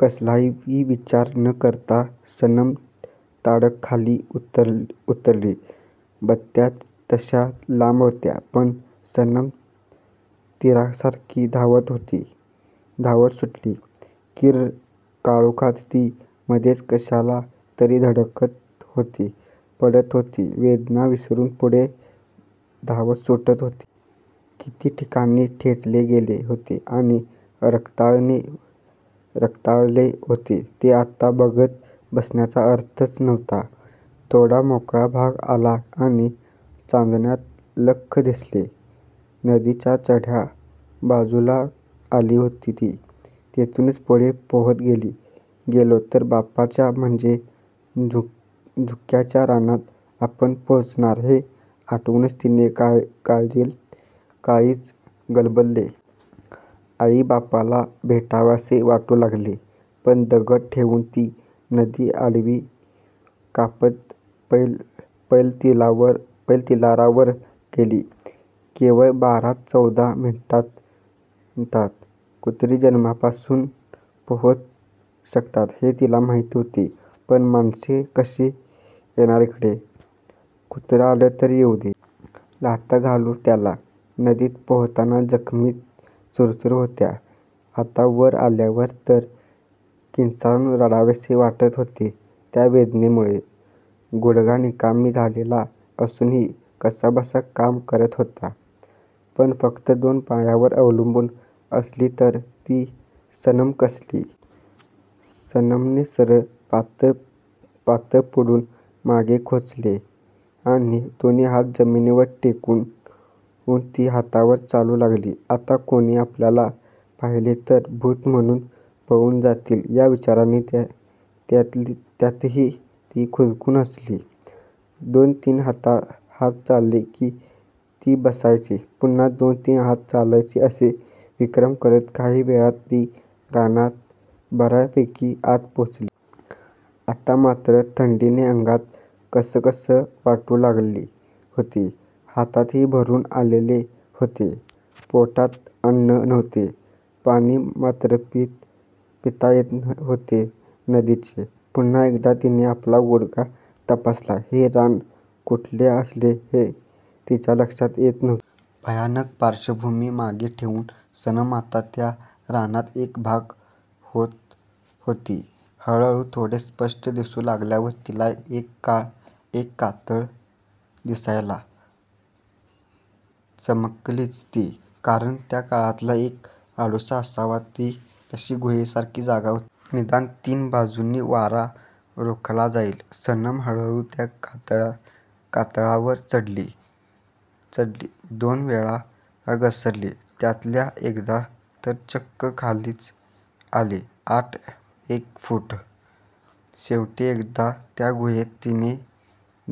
कसलाही विचार न करता सनम ताडकन खाली उतरली. बत्त्या तश्या लांब होत्या. पण सनम तीरासारखी धावत सुटली. किर्र काळोखात ती मधेच कशाला तरी धडकत होती, पडत होती, वेदना विसरून पुढे धावत सुटत होती. किती ठिकाणी ठेचले गेले होते आणि रक्ताळले होते ते आत्ता बघत बसण्यात अर्थच नव्हता. थोडा मोकळा भाग आला आणि चांदण्यात लख्ख दिसले. नदीच्या चढ्या बाजूला आली होती ती. येथून पुढे पोहत गेलो तर बापाच्या म्हणजे झुर्क्याच्या रानात आपण पोचणार हे आठवून तिचे काळीज गलबलले. आई बापाला भेटावेसे वाटू लागले. पण दगड ठेवून ती नदी आडवी कापत पैलतीरावर गेली. केवळ बारा चौदा मिनिटांत! कुत्री जन्मापासून पोहू शकतात हे तिला माहीत होते. पण माणसे कशी येणार इकडे? कुत्रं आलं तर येऊदेत! लाथा घालू त्याला. नदीत पोहताना जखमा चुरचुरत होत्या. आता वर आल्यावर तर किंचाळून रडावेसे वाटत होते त्या वेदनांमुळे! गुडघा निकामी झालेला असूनही कसाबसा काम करतच होता. पण फक्त दोन पायांवर अवलंबून असली तर ती सनम कसली? सनमने सरळ पातळ पुढून मागे खोचले आणि दोन्ही हात जमीनीवर टेकवून ती हातांवर चालू लागली. आत्ता कोणी आपल्याला पाहिले तर भूत म्हणून पळून जातील या विचाराने त्यातही ती खुदकन हासली. दोन तीन हात चालले की बसायचे, पुन्हा दोन तीन हात चालायचे असा विक्रम करत काही वेळात ती रानात बर्यापैकी आत पोचली. आता मात्र थंडीने अंगात कसकस वाटू लागली होती. हातही भरून आलेले होते. पोटात अन्न नव्हते. पाणी मात्र पिता येत होते नदीचे. पुन्हा एकदा तिने आपला गुडघा तपासला. हे रान कुठले असेल हे तिच्या लक्षात येत नव्हते. भयानक पार्श्वभूमी मागे ठेवून सनम आता या रानाचा एक भाग होत होती. हळूहळू थोडे स्पष्ट दिसू लागल्यावर तिला एक कातळ दिसला. चमकलीच ती! कारण त्या कातळात एक आडोसा असावा तशी गुहेसारखी जागा होती. निदान तीन बाजूंनी वारा रोखला जाईल. सनम हळूहळू त्या कातळावर चढली. दोन वेळा घसरली. त्यातल्या एकदा तर चक्क खालीच आली आठ एक फूट! शेवटी एकदा त्या गुहेत तिचे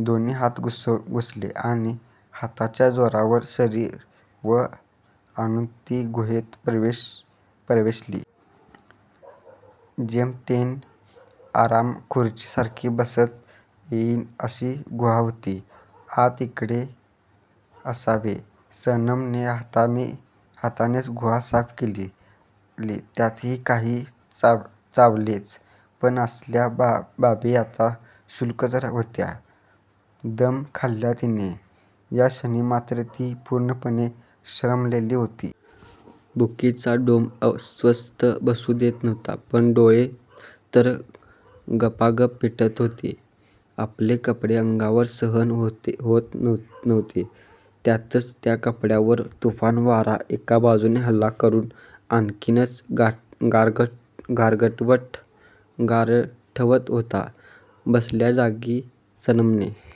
दोन्ही हात घुसले आणि हातांच्या जोरावर शरीर वर आणून ती गुहेत प्रवेशली. जेमतेम आरामखुर्चीसारखे बसता येईल अशी गुहा होती. आत किडे असावेत. सनमके हातानेच गुहा साफ केली. त्यातही काहीतरी चावलेच. पण असल्या बाबी आता क्षुल्लक होत्या. दम खाल्ला तिने! या क्षणी मात्र ती पूर्णपणे श्रमलेली होती. भूकेचा डोंब स्वस्थ बसू देत नव्हता. पण डोळे तर गपागप मिटत होते. ओले कपडे अंगावर सहन होत नव्हते. त्यातच त्या कपड्यांवर तुफान वारा एका बाजूने हल्ला करून आणखीनच गारठवत होता. बसल्या जागी सनमने